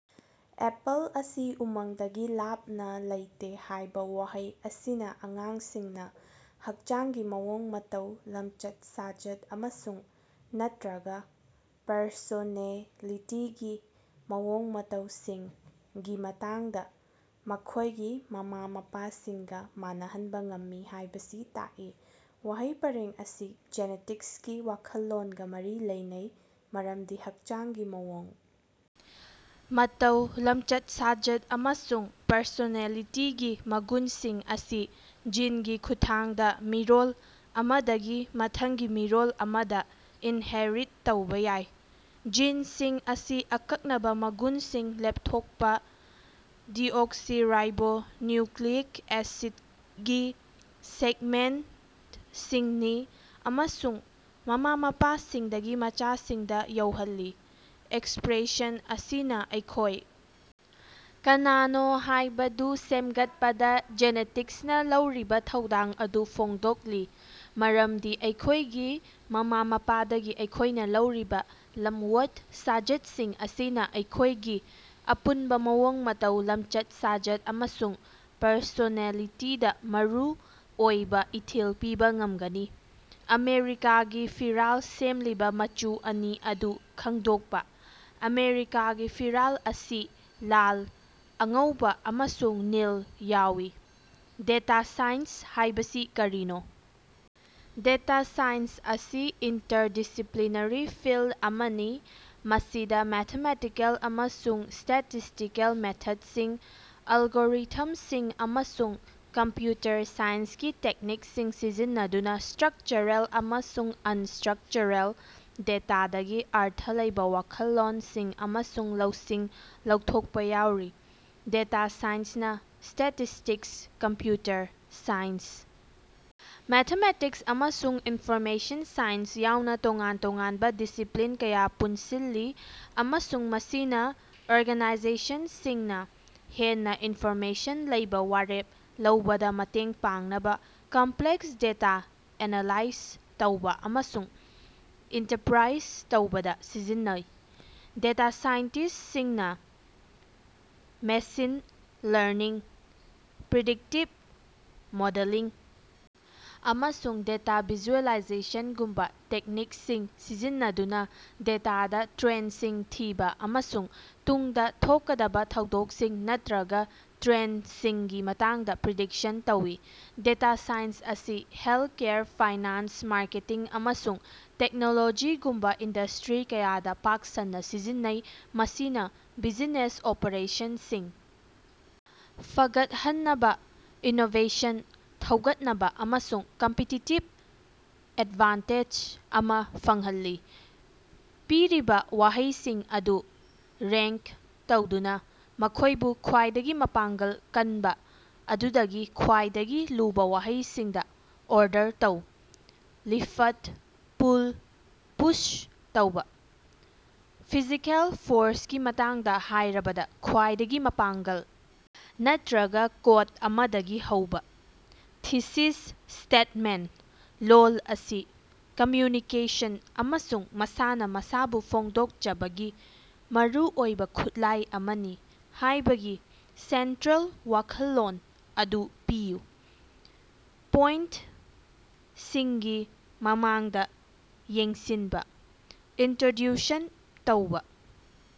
Apple ꯑꯁꯤ ꯎꯃꯪꯗꯒꯤ ꯂꯥꯞꯅ ꯂꯩꯇꯦ ꯍꯥꯏꯕ ꯋꯥꯍꯩ ꯑꯁꯤꯅ ꯑꯉꯥꯡꯁꯤꯡꯅ ꯍꯛꯆꯥꯡꯒꯤ ꯃꯑꯣꯡ-ꯃꯇꯧ, ꯂꯝꯆꯠ-ꯁꯥꯖꯠ ꯑꯃꯁꯨꯡ/ꯅꯠꯇ꯭ꯔꯒ ꯄꯔꯁꯣꯅꯦꯂꯤꯇꯤꯒꯤ ꯃꯑꯣꯡ-ꯃꯇꯧꯁꯤꯡꯒꯤ ꯃꯇꯥꯡꯗ ꯃꯈꯣꯏꯒꯤ ꯃꯃꯥ-ꯃꯄꯥꯁꯤꯡꯒ ꯃꯥꯟꯅꯍꯟꯕ ꯉꯝꯃꯤ ꯍꯥꯢꯕꯁꯤ ꯇꯥꯛꯏ ꯫ ꯋꯥꯍꯩ ꯄꯔꯦꯡ ꯑꯁꯤ ꯖꯦꯅꯦꯇꯤꯛꯁꯀꯤ ꯋꯥꯈꯜꯂꯣꯟꯒ ꯃꯔꯤ ꯂꯩꯅꯩ ꯃꯔꯝꯗꯤ ꯍꯛꯆꯥꯡꯒꯤ ꯃꯑꯣꯡ ꯃꯇꯧ, ꯂꯝꯆꯠ-ꯁꯥꯖꯠ ꯑꯃꯁꯨꯡ ꯄꯔꯁꯣꯅꯦꯂꯤꯇꯤꯒꯤ ꯃꯒꯨꯟꯁꯤꯡ ꯑꯁꯤ ꯖꯤꯟꯒꯤ ꯈꯨꯠꯊꯥꯡꯗ ꯃꯤꯔꯣꯜ ꯑꯃꯗꯒꯤ ꯃꯊꯪꯒꯤ ꯃꯤꯔꯣꯜ ꯑꯃꯗ ꯏꯟꯍꯦꯔꯤꯠ ꯇꯧꯕ ꯌꯥꯏ꯫ ꯖꯤꯟꯁꯤꯡ ꯑꯁꯤ ꯑꯀꯛꯅꯕ ꯃꯒꯨꯟꯁꯤꯡ ꯂꯦꯞꯊꯣꯛꯄ ꯗꯤꯑꯣꯛꯁꯤꯔꯥꯏꯕꯣ ꯅꯤꯌꯨꯀ꯭ꯂꯤꯛ ꯑꯦꯁꯤꯠ ꯒꯤ ꯁꯦꯒꯃꯦꯟꯇꯁꯤꯡꯅꯤ ꯑꯃꯁꯨꯡ ꯃꯃꯥ-ꯃꯄꯥꯁꯤꯡꯗꯒꯤ ꯃꯆꯥꯁꯤꯡꯗ ꯌꯧꯍꯜꯂꯤ꯫ ꯑꯦꯛꯁꯄ꯭ꯔꯦꯁꯟ ꯑꯁꯤꯅ ꯑꯩꯈꯣꯏ ꯀꯅꯥꯅꯣ ꯍꯥꯏꯕꯗꯨ ꯁꯦꯝꯒꯠꯄꯗ ꯖꯦꯅꯦꯇꯤꯛꯁꯅ ꯂꯧꯔꯤꯕ ꯊꯧꯗꯥꯡ ꯑꯗꯨ ꯐꯣꯡꯗꯣꯛꯂꯤ ꯃꯔꯝꯗꯤ ꯑꯩꯈꯣꯏꯒꯤ ꯃꯃꯥ-ꯃꯄꯥꯗꯒꯤ ꯑꯩꯈꯣꯏꯅ ꯂꯧꯔꯤꯕ ꯂꯝꯋꯠ-ꯁꯥꯖꯠꯁꯤꯡ ꯑꯁꯤꯅ ꯑꯩꯈꯣꯏꯒꯤ ꯑꯄꯨꯟꯕ ꯃꯑꯣꯡ ꯃꯇꯧ, ꯂꯝꯆꯠ-ꯁꯥꯖꯠ ꯑꯃꯁꯨꯡ ꯄꯔꯁꯣꯅꯦꯂꯤꯇꯤꯗ ꯃꯔꯨꯑꯣꯏꯕ ꯏꯊꯤꯜ ꯄꯤꯕ ꯉꯝꯒꯅꯤ ꯫ ꯑꯃꯦꯔꯤꯀꯥꯒꯤ ꯐꯤꯔꯥꯜ ꯁꯦꯝꯂꯤꯕ ꯃꯆꯨ ꯑꯅꯤ ꯑꯗꯨ ꯈꯪꯗꯣꯛꯄ꯫ ꯑꯃꯦꯔꯤꯀꯥꯒꯤ ꯐꯤꯔꯥꯜ ꯑꯁꯤ ꯂꯥꯜ, ꯑꯉꯧꯕ ꯑꯃꯁꯨꯡ ꯅꯤꯜ ꯌꯥꯎꯏ꯫ ꯗꯦꯇꯥ ꯁꯥꯏꯟꯁ ꯍꯥꯢꯕꯁꯤ ꯀꯔꯤꯅꯣ? ꯗꯦꯇꯥ ꯁꯥꯏꯟꯁ ꯑꯁꯤ ꯏꯟꯇꯔꯗꯤꯁꯤꯄ꯭ꯂꯤꯅꯔꯤ ꯐꯤꯜꯗ ꯑꯃꯅꯤ ꯃꯁꯤꯗ ꯃꯦꯊꯃꯦꯇꯤꯀꯦꯜ ꯑꯃꯁꯨꯡ ꯁ꯭ꯇꯦꯇꯤꯁꯇꯤꯀꯦꯜ ꯃꯦꯊꯗꯁꯤꯡ, ꯑꯦꯜꯒꯣꯔꯤꯊꯝꯁꯤꯡ ꯑꯃꯁꯨꯡ ꯀꯝꯄ꯭ꯌꯨꯇꯔ ꯁꯥꯏꯟꯁꯀꯤ ꯇꯦꯛꯅꯤꯛꯁꯤꯡ ꯁꯤꯖꯤꯟꯅꯗꯨꯅ ꯁ꯭ꯇꯔꯀꯆꯔꯦꯜ ꯑꯃꯁꯨꯡ ꯑꯅꯁ꯭ꯇꯔꯀꯆꯔꯦꯜ ꯗꯦꯇꯥꯗꯒꯤ ꯑꯔꯊ ꯂꯩꯕ ꯋꯥꯈꯜꯂꯣꯟꯁꯤꯡ ꯑꯃꯁꯨꯡ ꯂꯧꯁꯤꯡ ꯂꯧꯊꯣꯛꯄ ꯌꯥꯎꯔꯤ꯫ ꯗꯦꯇꯥ ꯁꯥꯏꯟꯁꯅ ꯁ꯭ꯇꯦꯇꯤꯁꯇꯤꯛꯁ, ꯀꯝꯄ꯭ꯌꯨꯇꯔ ꯁꯥꯏꯟꯁ, ꯃꯦꯊꯃꯦꯇꯤꯛꯁ ꯑꯃꯁꯨꯡ ꯏꯟꯐꯣꯔꯃꯦꯁꯟ ꯁꯥꯏꯟꯁ ꯌꯥꯎꯅ ꯇꯣꯉꯥꯟ-ꯇꯣꯉꯥꯟꯕ ꯗꯤꯁꯤꯄ꯭ꯂꯤꯟ ꯀꯌꯥ ꯄꯨꯟꯁꯤꯜꯂꯤ ꯑꯃꯁꯨꯡ ꯃꯁꯤꯅ ꯑꯣꯔꯒꯥꯅꯥꯏꯖꯦꯁꯟꯁꯤꯡꯅ ꯍꯦꯟꯅ ꯏꯟꯐꯣꯔꯃꯦꯁꯟ ꯂꯩꯕ ꯋꯥꯔꯦꯞ ꯂꯧꯕꯗ ꯃꯇꯦꯡ ꯄꯥꯡꯅꯕ ꯀꯝꯄ꯭ꯂꯦꯛꯁ ꯗꯦꯇꯥ ꯑꯦꯅꯥꯂꯥꯏꯖ ꯇꯧꯕ ꯑꯃꯁꯨꯡ ꯏꯟꯇꯔꯄ꯭ꯔꯥꯏꯖ ꯇꯧꯕꯗ ꯁꯤꯖꯤꯟꯅꯩ꯫ ꯗꯦꯇꯥ ꯁꯥꯏꯟꯇꯤꯁ꯭ꯇꯁꯤꯡꯅ ꯃꯦꯁꯤꯟ ꯂꯔꯅꯤꯡ, ꯄ꯭ꯔꯤꯗꯤꯛꯇꯤꯚ ꯃꯣꯗꯦꯂꯤꯡ ꯑꯃꯁꯨꯡ ꯗꯦꯇꯥ ꯚꯤꯖꯨꯑꯦꯂꯥꯏꯖꯦꯁꯟꯒꯨꯝꯕ ꯇꯦꯛꯅꯤꯛꯁꯤꯡ ꯁꯤꯖꯤꯟꯅꯗꯨꯅ ꯗꯦꯇꯥꯗ ꯇ꯭ꯔꯦꯟꯗꯁꯤꯡ ꯊꯤꯕ ꯑꯃꯁꯨꯡ ꯇꯨꯡꯗ ꯊꯣꯛꯀꯗꯕ ꯊꯧꯗꯣꯛꯁꯤꯡ ꯅꯠꯇ꯭ꯔꯒ ꯇ꯭ꯔꯦꯟꯗꯁꯤꯡꯒꯤ ꯃꯇꯥꯡꯗ ꯄ꯭ꯔꯤꯗꯤꯛꯁꯟ ꯇꯧꯏ꯫ ꯗꯦꯇꯥ ꯁꯥꯏꯟꯁ ꯑꯁꯤ ꯍꯦꯜꯊꯀꯦꯌꯔ, ꯐꯥꯏꯅꯥꯟꯁ, ꯃꯥꯔꯀꯦꯇꯤꯡ ꯑꯃꯁꯨꯡ ꯇꯦꯛꯅꯣꯂꯣꯖꯤꯒꯨꯝꯕ ꯏꯟꯗꯁꯇ꯭ꯔꯤ ꯀꯌꯥꯗ ꯄꯥꯛ ꯁꯟꯅ ꯁꯤꯖꯤꯟꯅꯩ, ꯃꯁꯤꯅ ꯕꯤꯖꯤꯅꯦꯁ ꯑꯣꯄꯔꯦꯁꯟꯁꯤꯡ ꯐꯒꯠꯍꯟꯅꯕ, ꯏꯅꯣꯚꯦꯁꯟ ꯊꯧꯒꯠꯅꯕ ꯑꯃꯁꯨꯡ ꯀꯝꯄꯤꯇꯤꯇꯤꯚ ꯑꯦꯗꯚꯥꯟꯇꯦꯖ ꯑꯃ ꯐꯪꯍꯜꯂꯤ꯫ ꯄꯤꯔꯤꯕ ꯋꯥꯍꯩꯁꯤꯡ ꯑꯗꯨ ꯔꯦꯡꯀ ꯇꯧꯗꯨꯅ, ꯃꯈꯣꯏꯕꯨ ꯈ꯭ꯋꯥꯏꯗꯒꯤ ꯃꯄꯥꯡꯒꯜ ꯀꯟꯕ ꯑꯗꯨꯗꯒꯤ ꯈ꯭ꯋꯥꯏꯗꯒꯤ ꯂꯨꯕ ꯋꯥꯍꯩꯁꯤꯡꯗ ꯑꯣꯔꯗꯔ ꯇꯧ꯫ ꯂꯤꯐꯠ, ꯄꯨꯜ, ꯄꯨꯁ ꯇꯧꯕ꯫ ꯐꯤꯖꯤꯀꯦꯜ ꯐꯣꯔꯁꯀꯤ ꯃꯇꯥꯡꯗ ꯍꯥꯏꯔꯕꯗ, ꯈ꯭ꯋꯥꯏꯗꯒꯤ ꯃꯄꯥꯡꯒꯜ ꯅꯠꯇ꯭ꯔꯒ ꯀꯣꯠ ꯑꯃꯗꯒꯤ ꯍꯧꯕ꯫ ꯊꯤꯁꯤꯁ ꯁ꯭ꯇꯦꯠꯃꯦꯟꯇ: ꯂꯣꯜ ꯑꯁꯤ ꯀꯝꯃ꯭ꯌꯨꯅꯤꯀꯦꯁꯟ ꯑꯃꯁꯨꯡ ꯃꯁꯥꯅ ꯃꯁꯥꯕꯨ ꯐꯣꯡꯗꯣꯛꯆꯕꯒꯤ ꯃꯔꯨꯑꯣꯏꯕ ꯈꯨꯠꯂꯥꯏ ꯑꯃꯅꯤ ꯍꯥꯏꯕꯒꯤ ꯁꯦꯟꯇ꯭ꯔꯦꯜ ꯋꯥꯈꯜꯂꯣꯟ ꯑꯗꯨ ꯄꯤꯌꯨ꯫ ꯄꯣꯏꯟꯇꯁꯤꯡꯒꯤ ꯃꯃꯥꯡꯗ ꯌꯦꯡꯁꯤꯟꯕ: ꯏꯟꯇ꯭ꯔꯣꯗ꯭ꯌꯨꯁꯟ ꯇꯧꯕ꯫